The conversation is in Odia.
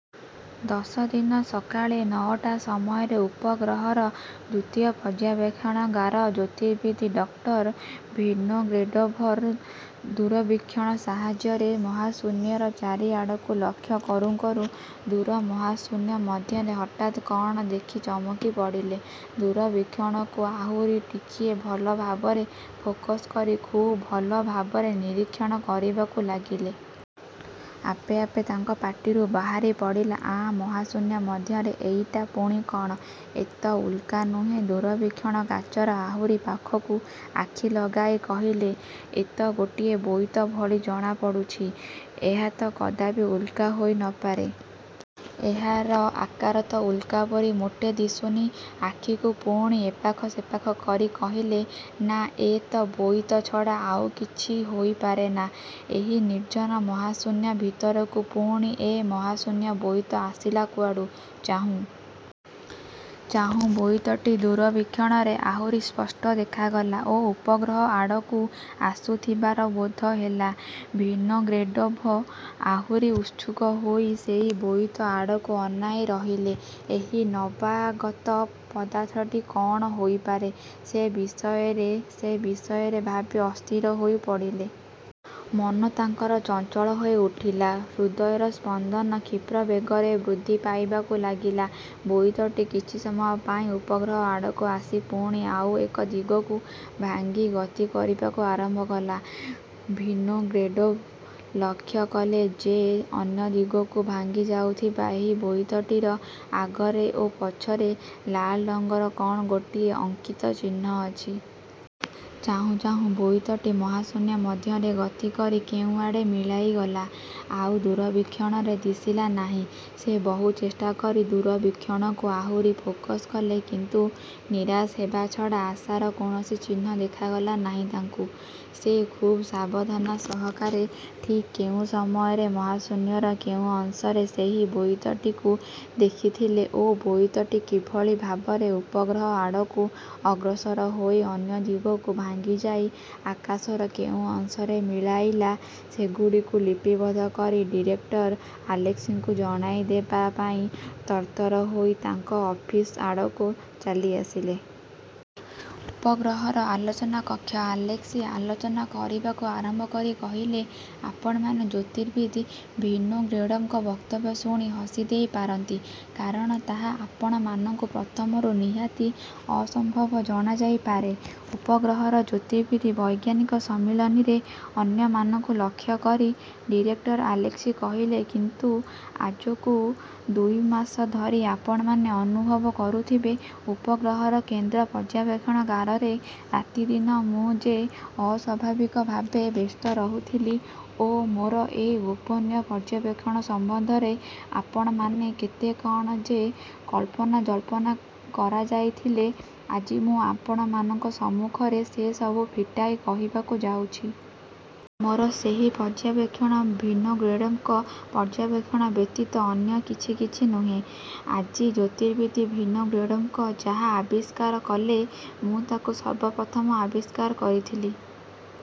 ଦଶ ଦିନେ ସକାଳେ ନ'ଟା ସମୟରେ ଉପଗ୍ରହର ଦ୍ୱିତୀୟ ପର୍ଯ୍ୟବେକ୍ଷଣାଗାରର ଜ୍ୟୋତିର୍ବିଦ୍ ଡକ୍ଟର ଭିନୋଗ୍ରେଡ଼ୋଭ ଦୂରବୀକ୍ଷଣ ସାହାଯ୍ୟରେ ମହାଶୂନ୍ୟର ଚାରିଆଡ଼କୁ ଲକ୍ଷ୍ୟ କରୁଁ କରୁଁ ଦୂର ମହାଶୂନ୍ୟ ମଧ୍ୟରେ ହଠାତ୍ କ'ଣ ଦେଖି ଚମକି ପଡ଼ିଲେ। ଦୂରବୀକ୍ଷଣକୁ ଆହୁରି ଟିକିଏ ଭଲ ଭାବରେ ଫୋକସ୍ କରି ଖୁବ୍ ଭଲ ଭାବରେ ନିରୀକ୍ଷଣ କରିବାକୁ ଲାଗିଲେ। ଆପେ ଆପେ ତାଙ୍କ ପାଟିରୁ ବାହାରି ପଡ଼ିଲା, ''ଆଁ, ମହାଶୂନ୍ୟ ମଧ୍ୟରେ ଏ'ଟା ପୁଣି କଅଣ? ଏ ତ ଉଲ୍କା ନୁହେଁ! '' ଦୂରବୀକ୍ଷଣ କାଚର ଆହୁରି ପାଖକୁ ଆଖି ଲଗାଇ କହିଲେ, ''ଏ ତ ଗୋଟିଏ ବୋଇତ ଭଳି ଜଣାପଡ଼ୁଛି। ଏହା ତ କଦାପି ଉଲ୍କା ହୋଇ ନ ପାରେ। ଏହାର ଆକାର ତ ଉଲ୍କା ପରି ମୋଟେ ଦିଶୁନି। '' ଆଖିକୁ ପୁଣି ଏପାଖ ସେପାଖ କରି କହିଲେ, ''ନାଁ, ଏ ତ ବୋଇତ ଛଡ଼ା ଆଉ କିଛି ହୋଇପାରେନା। ଏହି ନିର୍ଜ୍ଜନ ମହାଶୂନ୍ୟ ଭିତରକୁ ପୁଣି ଏ ମହାଶୂନ୍ୟ ବୋଇତ ଆସିଲା କୁଆଡ଼ୁ? '' ଚାହୁଁ। ଚାହୁଁ ବୋଇତଟି ଦୂରବୀକ୍ଷଣରେ ଆହୁରି ସ୍ପଷ୍ଟ ଦେଖାଗଲା ଓ ଉପଗ୍ରହ ଆଡ଼କୁ ଆସୁଥିବାର ବୋଧହେଲା। ଭିନୋଗ୍ରେଡ଼ୋଭ୍ ଆହୁରି ଉତ୍ସୁକ ହୋଇ ସେଇ ବୋଇତ ଆଡ଼କୁ ଅନାଇ ରହିଲେ। ଏହି ନବାଗତ ପଦାର୍ଥଟି କଅଣ ହୋଇପାରେ, ସେ ବିଷୟରେ, ସେ ବିଷୟରେ ଭାବି ଅସ୍ଥିର ହୋଇ ପଡ଼ିଲେ। ମନ ତାଙ୍କର ଚଞ୍ଚଳ ହୋଇଉଠିଲା, ହୃଦୟର ସ୍ପନ୍ଦନ କ୍ଷୀପ୍ରବେଗରେ ବୃଦ୍ଧି ପାଇବାକୁ ଲାଗିଲା। ବୋଇତଟି କିଛି ସମୟ ପାଇଁ ଉପଗ୍ରହ ଆଡ଼କୁ ଆସି ପୁଣି ଆଉ ଏକ ଦିଗକୁ ଭାଙ୍ଗି ଗତି କରିବାକୁ ଆରମ୍ଭ କଲା। ଭିନୋଗ୍ରେଡ଼ୋଭ୍ ଲକ୍ଷ୍ୟ କଲେ ଯେ ଅନ୍ୟ ଦିଗକୁ ଭାଙ୍ଗିଯାଉଥିବା ଏହି ବୋଇତଟିର ଆଗରେ ଓ ପଛରେ ଲାଲ ରଙ୍ଗର କ'ଣ ଗୋଟିଏ ଅଙ୍କିତ ଚିହ୍ନ ଅଛି। ଚାହୁଁ ଚାହୁଁ ବୋଇତଟି ମହାଶୂନ୍ୟ ମଧ୍ୟରେ ଗତିକରି କେଉଁଆଡ଼େ ମିଳାଇଗଲା; ଆଉ ଦୂରବୀକ୍ଷଣରେ ଦିଶିଲା ନାହିଁ। ସେ ବହୁ ଚେଷ୍ଟାକରି ଦୂରବୀକ୍ଷଣକୁ ଆହୁରି ଫୋକସ୍ କଲେ; କିନ୍ତୁ ନିରାଶ ହେବା ଛଡ଼ା ଆଶାର କୌଣସି ଚିହ୍ନ ଦେଖାଗଲା ନାହିଁ ତାଙ୍କୁ। ସେ ଖୁବ୍ ସାବଧାନତା ସହକାରେ ଠିକ୍ କେଉଁ ସମୟରେ ମହାଶୂନ୍ୟର କେଉଁ ଅଂଶରେ ସେହି ବୋଇତଟିକୁ ଦେଖିଥିଲେ ଓ ବୋଇତଟି କିଭଳି ଭାବରେ ଉପଗ୍ରହ ଆଡ଼କୁ ଅଗ୍ରସର ହୋଇ ଅନ୍ୟ ଦିଗକୁ ଭାଙ୍ଗିଯାଇ ଆକାଶର କେଉଁ ଅଂଶରେ ମିଳାଇଲା, ସେଗୁଡ଼ିକୁ ଲିପିବଦ୍ଧ କରି ଡିରେକ୍ଟର ଆଲେସ୍କିଙ୍କୁ ଜଣାଇଦେବା ପାଇଁ ତରତର ହୋଇ ତାଙ୍କ ଅଫିସ ଆଡ଼କୁ ଚାଲିଆସିଲେ। ଉପଗ୍ରହର ଆଲୋଚନା କକ୍ଷ। ଆଲେସ୍କି ଆଲୋଚନା କରିବାକୁ ଆରମ୍ଭ କରି କହିଲେ-''ଆପଣମାନେ ଜ୍ୟୋତିର୍ବିଦ୍ ଭିନୋଗ୍ରେଡ଼ୋଭ୍ଙ୍କ ବକ୍ତବ୍ୟ ଶୁଣି ହସିଦେଇ ପାରନ୍ତି। କାରଣ ତାହା ଆପଣମାନଙ୍କୁ ପ୍ରଥମରୁ ନିହାତି ଅସମ୍ଭବ ଜଣାଯାଇପାରେ। '' ଉପଗ୍ରହର ଜ୍ୟୋତିର୍ବିଦ୍ ବୈଜ୍ଞାନିକ ସମ୍ମିଳନୀରେ ଅନ୍ୟମାନଙ୍କୁ ଲକ୍ଷ୍ୟ କରି ଡିରେକ୍ଟର ଆଲେସ୍କି କହିଲେ, ''କିନ୍ତୁ ଆଜକୁ ଦୁଇମାସ ଧରି ଆପଣମାନେ ଅନୁଭବ କରୁଥିବେ, ଉପଗ୍ରହର କେନ୍ଦ୍ର ପର୍ଯ୍ୟାବେକ୍ଷଣାଗାରରେ ରାତିଦିନ ମୁଁ ଯେ ଅସ୍ୱାଭାବିକ ଭାବେ ବ୍ୟସ୍ତ ରହୁଥିଲି ଓ ମୋର ଏ ଗୋପନୀୟ ପର୍ଯ୍ୟବେକ୍ଷଣ ସମ୍ବନ୍ଧରେ ଆପଣମାନେ କେତେ କ'ଣ ଯେ କଳ୍ପନା-ଜଳ୍ପନା କରାଯାଇଥିଲେ; ଆଜି ମୁଁ ଆପଣମାନଙ୍କ ସମ୍ମୁଖରେ ସେ ସବୁ ଫିଟାଇ କହିବାକୁ ଯାଉଛି। ମୋର ସେହି ପର୍ଯ୍ୟବେକ୍ଷଣ ଭିନୋଗ୍ରେଡ଼ୋଭ୍ଙ୍କ ପର୍ଯ୍ୟବେକ୍ଷଣ ବ୍ୟତୀତ ଅନ୍ୟ କିଛି କିଛି ନୁହେଁ। ଆଜି ଜ୍ୟୋତିର୍ବିଦ୍ ଭିନୋଗ୍ରେଡ଼ୋଭ୍ ଯାହା ଆବିଷ୍କାର କଲେ, ମୁଁ ତା'କୁ ସର୍ବପ୍ରଥମ ଆବିଷ୍କାର କରିଥିଲି